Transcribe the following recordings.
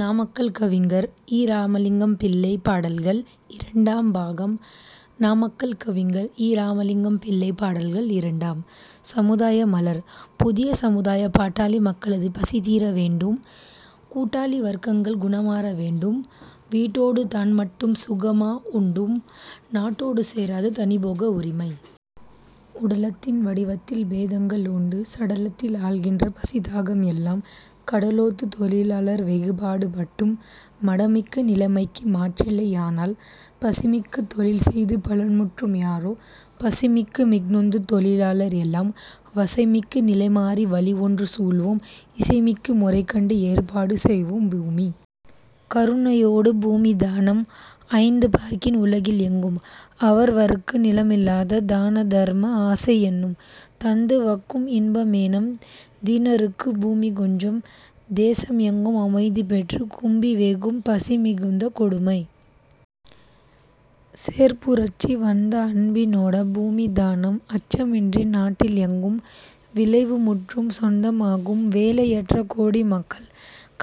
நாமக்கல் கவிஞர் இராமலிங்கம் பிள்ளை பாடல்கள் இரண்டாம் பாகம் நாமக்கல் கவிஞர் இராமலிங்கம் பிள்ளை பாடல்கள் இரண்டாம். சமுதாய மலர். புதிய சமுதாயம் பாட்டாளி மக்களது பசிதீர வேண்டும்; கூட்டாளி வர்க்கங்கள் குணம்மாற வேண்டும்; வீட்டொடு தான்மட்டும் சுகமாக உண்டும் நாட்டோடு சேராத தனிபோக உரிமை உடலத்தின் வடிவத்தில் பேதங்கள் உண்டு; சடலத்தை ஆள்கின்ற பசிதாகம் எல்லாம் கடலொத்த தொழிலாளர் வெகுபாடு பட்டும் மடமிக்க நிலைமைக்கு மாற்றில்லை யானால் பசைமிக்க தொழில்செய்து பலன்முற்றும் யாரோ பசிமிக்கு மிகநொந்த தொழிலாளர் எல்லாம் வசைமிக்க நிலைமாற வழியன்று சூழ்வோம் இசைமிக்க முறைகண்டு ஏற்பாடு செய்வோம் பூமி கருணை யோடு பூமி தானம் ஆய்ந்து பார்க்கின் உலகி லெங்கும் அவர வர்க்கு நிலமி லாத தான தர்ம ஆசை யேநம் தந்து வக்கும் இன்ப மேநம் தீன ருக்குப் பூமி கொஞ்சம் தேச மெங்கும் அமைதி பெற்றுத் கும்பி வேகும் பசிமி குந்த கொடுமை சேர்பு ரட்சி வந்து அன்பி னோடு பூமி தானம் அச்ச மின்றி நாட்டி லெங்கும் விளைவு முற்றும் சொந்த மாகும் வேலை யற்ற கோடி மக்கள்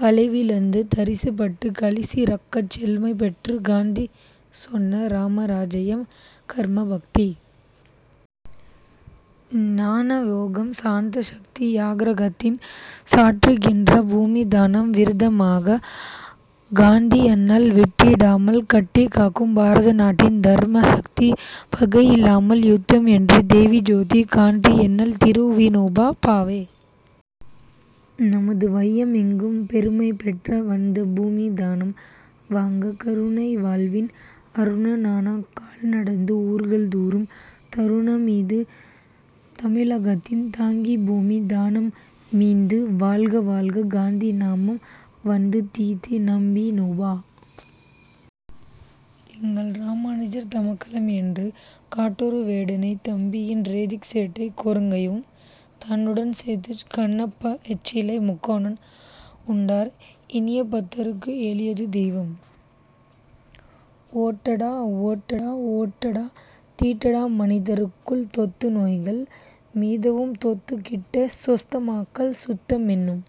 களைவி ழுந்து தரிசு பட்ட களிசி றக்கச் செழுமை பெற்றுக் காந்தி சொன்ன ராம ராஜ்யம் கர்ம, பக்தி, ஞான யோகம் சாந்த சத்தி யாக்ர கத்தின் சாற்று கின்ற பூமி தானம் விரத மாகக் காந்தி யண்ணல் விட்டி டாமல் கட்டிக் காக்கும் பரத நாட்டின் தர்ம சக்தி பகையி லாமல் யுத்த மென்ற தெய்வ ஜோதி காந்தி யண்ணல் திருவி னோபா பாவே நமது வைய மெங்கும் பெருமை பெற்ற வந்து பூமி தானம் வாங்க கருணை வாழ்வின் அருண னான கால் நடந்தே ஊர்கள் தோறும் தருண மீது தமிழ கத்தின் தாங்கிப் பூமி தான மீந்து வாழ்க வாழ்க காந்தி நாமம் வந்து தித்த நம்வி னோபா எங்கள்ரா மானுஜர் தம்கல மென்றே காட்டொரு வேடனைத் தம்பியென் றெய்திக் சேட்டைக் குரங்கையும் தன்னுடன் சேர்த்துச் கண்ணப்ப னெச்சிலை முக்கண்ண னுண்டார்; எண்ணிய பக்தருக் கெளியது தெய்வம். ஓட்டடா! ஓட்டடா! ஓட்டடா! தீட்டடா மனிதருக்குள் தொத்து நோய்கள் மெத்தவும் தொட்டுக் கிட்டிச் சொஸ்தமாக்கல் சுத்த மேனும்